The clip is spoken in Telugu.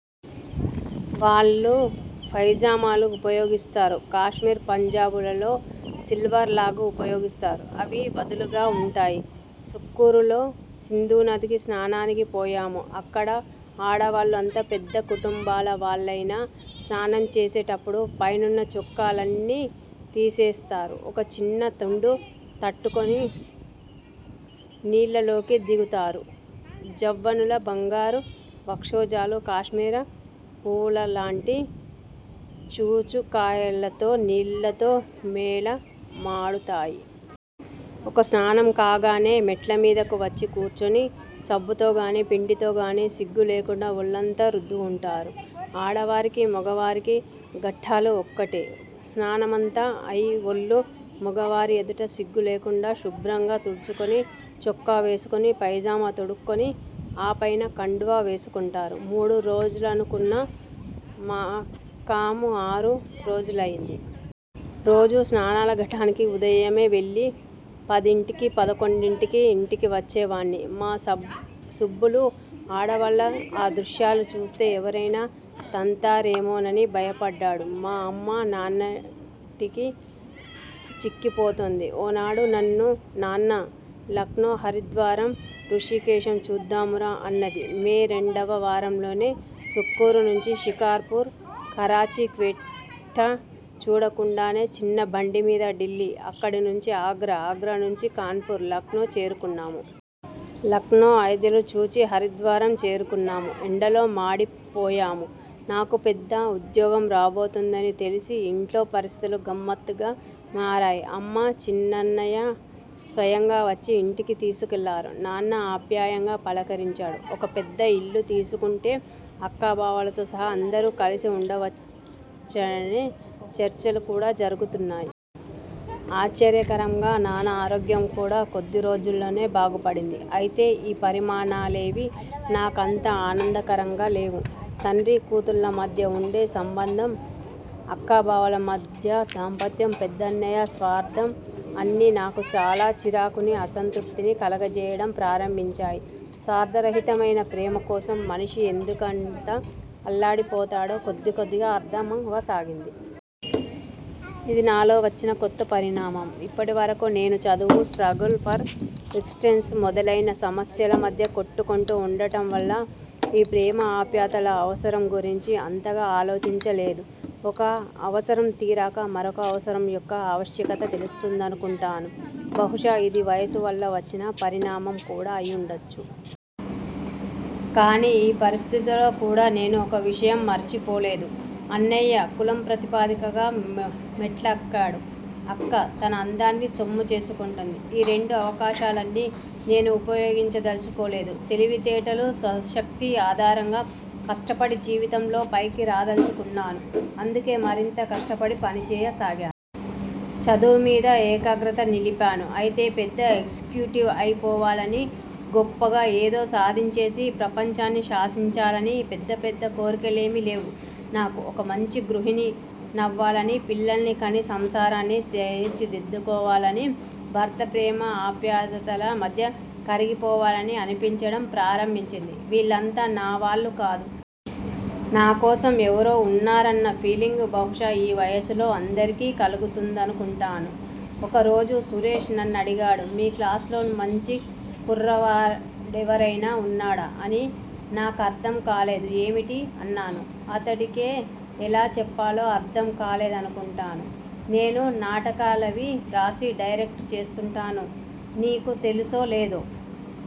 వాళ్ళు పైజామాలు ఉపయోగిస్తారు. కాశ్మీర్ పంజాబులలో సిల్వాల్ లాగు ఉపయోగిస్తారు, అవి వదులుగా వుంటాయి. సుక్కూరులో సింధునదికి స్నానానికి పోయాము. అక్కడ ఆడవాళ్ళు ఎంత పెద్ద కుటుంబాల వాళ్ళయినా స్నానం చేసేటప్పుడు పైనున్న చొక్కాలన్నీ తెసేస్తారు. ఒక చిన్న తుండు కట్టుకొని నీళ్ళలోకి దిగుతారు. జవ్వనుల బంగారు వక్షోజాలు కాశ్మీర పూవులలాంటి చూచుకాయలతో నీళ్ళతో మేలమాడుతాయి. ఒక స్నానం కాగానే మెట్లమీదకు వచ్చి కూర్చొని, సబ్బుతోగాని, పిండితోగాని సిగ్గు లేకుండా ఒళ్ళంతా రుద్దుకుంటారు. ఆడవారికీ, మొగవారికీ ఘట్టాలు ఒక్కటే! స్నానమంతా అయి ఒళ్ళు మొగవారి ఎదుట సిగ్గు లేకుండా శుభ్రంగా తుడుచుకొని చొక్కా వేసుకొని, పైజమా తొడుక్కొని ఆపైన కండువా వేసుకుంటారు. మూడు రోజులనుకున్న మకాము ఆరు రోజులయింది. రోజూ స్నానాల ఘట్టానికి ఉదయమే వెళ్ళి, పదింటికి, పదకొండింటికి ఇంటికి వచ్చేవాణ్ణి. మా సుబ్బులు ఆడవాళ్ళ ఆ దృశ్యాలు చుస్తే ఎవరైనా తంతారేమోనని భయపడ్డాడు. మా అమ్మ నానాటికి చిక్కిపోతోంది. ఓనాడు నన్ను '' నాన్నా! లక్నో, హరిద్వారం, హృషీకేశం చూద్దామురా? '' అన్నది. మే రెండవ వారంలోనే సుక్కూరు నుంచి షికార్ పూర్, కరాచీ, క్వెట్టా చూడకుండానే చిన్న బండిమీద ఢిల్లీ, అక్కడనుంచి ఆగ్రా, ఆగ్రానుంచి కాన్పూరు, లక్నో చేరుకున్నాము. లక్నో అయోధ్యలు చూచి హరిద్వారం చేరుకున్నాము. ఎండలో మాడిపోయాము. నాకు పెద్ద ఉద్యోగం రాబోతోందని తెలిసి ఇంట్లో పరిస్థితులు గమ్మత్తుగా మారాయి. అమ్మ, చిన్నన్నయ్య స్వయంగా వచ్చి ఇంటికి తీసుకెళ్ళారు. నాన్న ఆప్యాయంగా పలకరించాడు. ఒక పెద్ద ఇల్లు తీసుకుంటే అక్కా బావలతో సహా అందరూ కలసి వుండవచ్చనే చర్చలు కూడా జరుగుతున్నాయి. ఆశ్చర్యకరంగా నాన్న ఆరోగ్యంకూడా కొద్దిరోజుల్లోనే బాగుపడింది. అయితే ఈ పరిణామాలేవీ నా కంత ఆనందకరంగా లేవు. తండ్రీ కూతుళ్ళ మధ్య వుండే సంబంధం, అక్కా బావల మధ్య దాంపత్యం, పెద్దన్నయ్య స్వార్థం- అన్నీ నాకు చాలా చిరాకునీ, అసంతృప్తినీ కలగజేయడం ప్రారంభించాయి. స్వార్థరహితమైన ప్రేమకోసం మనిషి ఎందుకంత అల్లాడిపోతాడో కొద్దికొద్దిగా అర్థమవసాగింది. ఇది నాలో వచ్చిన కొత్త పరిణామం. ఇప్పటి వరకూ నేను చదువు, స్ట్రగుల్ ఫర్ ఎగ్జిస్టెన్స్ మొదలైన సమస్యల మధ్య కొట్టుకుంటూ వుండటంవల్ల ఈ ప్రేమ, ఆప్యాయతల అవసరం గురించి అంతగా ఆలోచించలేదు. ఒక అవసరం తీరాక మరొక అవసరం యొక్క ఆవశ్యకత తెలుస్తుందనుకుంటాను. బహుశా ఇది వయసువల్ల వచ్చిన పరిణామం కూడా అయ్యుండచ్చు. కానీ ఈ పరిస్థితిలో కూడా నేను ఒక విషయం మరచిపోలేదు. అన్నయ్య కులం ప్రాతిపదికగా మెట్లెక్కాడు. అక్క తన అందాన్ని సొమ్ము చేసుకుంటోంది. ఈ రెండు అవకాశాల్నీ నేను ఉపయోగించదల్చుకోలేదు. తెలివితేటలు, స్వశక్తి ఆధారంగా కష్టపడి జీవితంలో పైకి రాదల్చుకున్నాను. అందుకే మరింత కష్టపడి పనిచేయసాగాను. చదువుమీద ఏకాగ్రత నిలిపాను. అయితే పెద్ద ఎగ్జిక్యూటివ్ అయిపోవాలనీ, గొప్పగా ఏదో సాధించేసి ప్రపంచాన్ని శాసించాలనీ పెద్ద పెద్ద కోర్కెలేమీ లేవు నాకు. ఒక మంచి గృహిణి నవ్వాలనీ, పిల్లల్ని కని సంసారాన్ని తెరచిదిద్దుకోవాలనీ, భర్త ప్రేమ, ఆప్యాయతల మధ్య కరిగిపోవాలనీ అనిపించడం ప్రారంభించింది. వీళ్ళంతా నా వాళ్ళు కాదు. నా కోసం ఎవరో వున్నారన్న ఫీలింగ్ బహుశా ఈ వయసులో అందరికీ కలుగుతుందనుకుంటాను. ఒక రోజు సురేష్ నన్నడిగాడు- మీ క్లాస్ లో మంచి కుర్రవాడెవరైనా వున్నాడా? అని. నా కర్థం కాలేదు. ఏమిటి? అన్నాను. అతడికే ఎలా చెప్పాలో అర్థం కాలేదనుకుంటాను. నేను నాటకాలవీ రాసి డైరెక్ట్ చేస్తూంటాను. నీకు తెలుసో, లేదో?